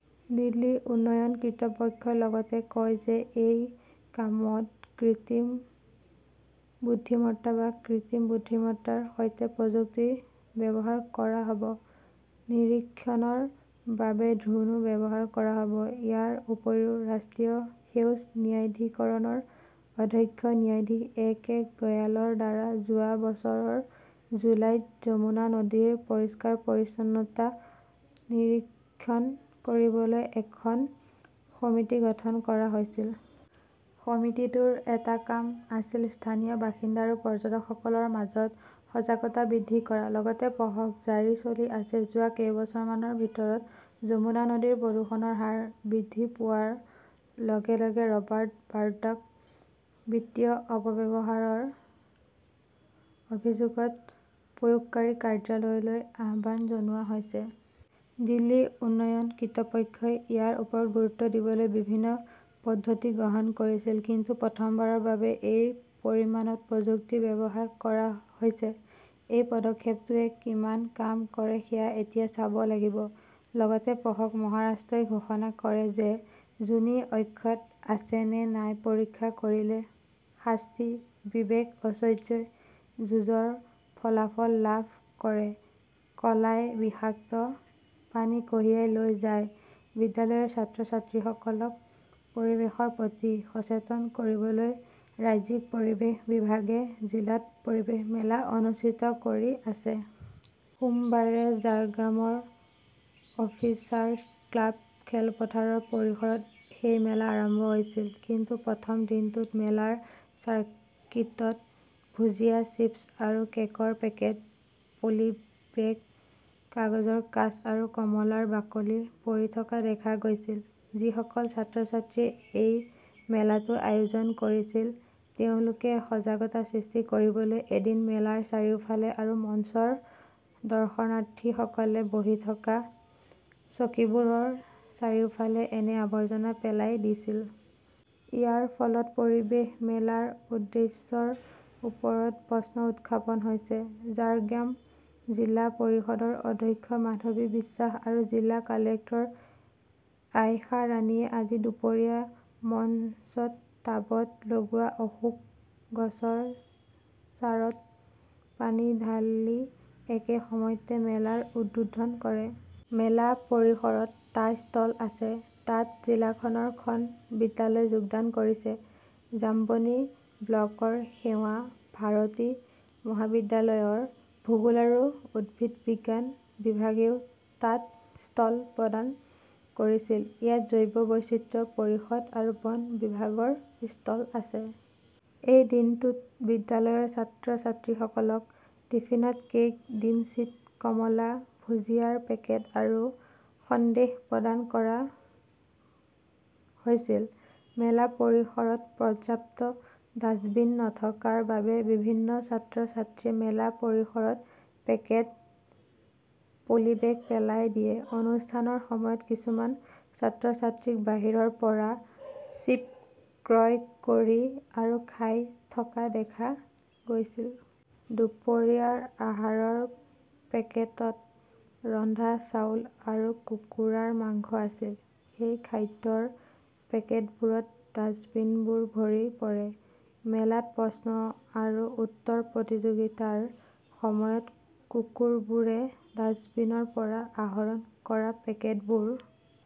দিল্লী উন্নয়ন কৰ্তৃপক্ষই লগতে কয় যে এই কামত কৃত্ৰিম বুদ্ধিমত্তা বা কৃত্ৰিম বুদ্ধিমত্তাৰ সৈতে প্ৰযুক্তি ব্যৱহাৰ কৰা হ 'ব; নিৰীক্ষণৰ বাবে ড্ৰোনও ব্যৱহাৰ কৰা হ' ব। ইয়াৰ উপৰিও, ৰাষ্ট্ৰীয় সেউজ ন্যায়াধিকৰণৰ অধ্যক্ষ ন্যায়াধীশ এ কে গয়ালৰ দ্বাৰা যোৱা বছৰৰ জুলাইত যমুনা নদীৰ পৰিষ্কাৰ-পৰিচ্ছন্নতা নিৰীক্ষণ কৰিবলৈ এখন সমিতি গঠন কৰা হৈছিল। সমিতিটোৰ এটা কাম আছিল স্থানীয় বাসিন্দা আৰু পৰ্যটকসকলৰ মাজত সজাগতা বৃদ্ধি কৰা। লগতে পঢ়কঃ জাৰী চলি আছে, যোৱা কেইবছৰমানৰ ভিতৰত যমুনা নদীৰ প্ৰদূষণৰ হাৰ বৃদ্ধি পোৱাৰ লগে লগে ৰবাৰ্ট ৱাড্ৰাক বিত্তীয় অপব্যৱহাৰৰ অভিযোগত প্ৰয়োগকাৰী কাৰ্যালয়লৈ আহ্বান জনোৱা হৈছে। দিল্লী উন্নয়ন কৰ্তৃপক্ষই ইয়াৰ ওপৰত গুৰুত্ব দিবলৈ বিভিন্ন পদ্ধতি গ্ৰহণ কৰিছিল। কিন্তু প্ৰথমবাৰৰ বাবে এই পৰিমাণত প্ৰযুক্তিৰ ব্যৱহাৰ কৰা হৈছে। এই পদক্ষেপটোৱে কিমান কাম কৰে সেয়া এতিয়া চাব লাগিব। লগতে পঢ়কঃ মহাৰাষ্ট্ৰই ঘোষণা কৰে যে যোনি অক্ষত আছে নে নাই পৰীক্ষা কৰিলে শাস্তি, বিবেক-ঐশ্বৰ্যই যুঁজৰ ফলাফল লাভ কৰে কৰ্লাই বিষাক্ত পানী কঢ়িয়াই লৈ যায় বিদ্যালয়ৰ ছাত্ৰ-ছাত্ৰীসকলক পৰিৱেশৰ প্ৰতি সচেতন কৰিবলৈ ৰাজ্যিক পৰিৱেশ বিভাগে জিলাত পৰিৱেশ মেলা অনুষ্ঠিত কৰি আছে। সোমবাৰে ঝাৰগ্ৰামৰ অফিচাৰ্ছ ক্লাব খেলপথাৰৰ পৰিসৰত সেই মেলা আৰম্ভ হৈছিল। কিন্তু প্ৰথম দিনটোত মেলাৰ চাৰ্কিটত ভুজিয়া, চিপছ আৰু কেকৰ পেকেট, পলিব্যাগ, কাগজৰ কাঁচ আৰু কমলাৰ বাকলি পৰি থকা দেখা গৈছিল। যিসকল ছাত্ৰ-ছাত্ৰীয়ে এই মেলাটো আয়োজন কৰিছিল, তেওঁলোকে সজাগতা সৃষ্টি কৰিবলৈ এদিন মেলাৰ চাৰিওফালে আৰু মঞ্চৰ দৰ্শনাৰ্থীসকলে বহি থকা চকীবোৰৰ চাৰিওফালে এনে আৱৰ্জনা পেলাই দিছিল। ইয়াৰ ফলত পৰিৱেশ মেলাৰ উদ্দেশ্যৰ ওপৰত প্ৰশ্ন উত্থাপন হৈছে। ঝাৰগ্ৰাম জিলা পৰিষদৰ অধ্যক্ষ মাধৱী বিশ্বাস আৰু জিলা কালেক্টৰ আয়েশা ৰাণীয়ে আজি দুপৰীয়া মঞ্চত টাবত লগোৱা অশোক গছৰ চাৰত পানী ঢালি একে সময়তে মেলাটো উদ্বোধন কৰে। মেলা পৰিসৰত টা ষ্টল আছে। তাত জিলাখনৰ খন বিদ্যালয় যোগদান কৰিছে। জাম্বনী ব্লকৰ সেৱা ভাৰতী মহাবিদ্যালয়ৰ ভূগোল আৰু উদ্ভিদ বিজ্ঞান বিভাগেও তাত ষ্টল প্ৰদান কৰিছিল। ইয়াত জৈৱ বৈচিত্ৰ্য পৰিষদ আৰু বন বিভাগৰ ষ্টল আছে। এই দিনটোত বিদ্যালয়ৰ ছাত্ৰ-ছাত্ৰীসকলক টিফিনত কেক, ডিমছিদ, কমলা, ভুজিয়াৰ পেকেট আৰু সন্দেশ প্ৰদান কৰা হৈছিল। মেলা পৰিসৰত পৰ্যাপ্ত ডাস্টবিন নথকাৰ বাবে বেছিভাগ ছাত্ৰ-ছাত্ৰীয়ে মেলা পৰিসৰত পেকেট, পলিবেগ পেলাই দিয়ে। অনুষ্ঠানৰ সময়ত কিছুমান ছাত্ৰ-ছাত্ৰীক বাহিৰৰ পৰা চিপ ক্ৰয় কৰি আৰু খাই থকা দেখা গৈছিল। দুপৰীয়াৰ আহাৰৰ পেকেটত ৰন্ধা চাউল আৰু কুকুৰাৰ মাংস আছিল। সেই খাদ্যৰ পেকেটবোৰত ডাষ্টবিনবোৰ ভৰি পৰে। মেলাত প্ৰশ্ন আৰু উত্তৰ প্ৰতিযোগিতাৰ সময়ত, কুকুৰবোৰে ডাস্টবিনৰ পৰা আহৰণ কৰা পেকেটবোৰ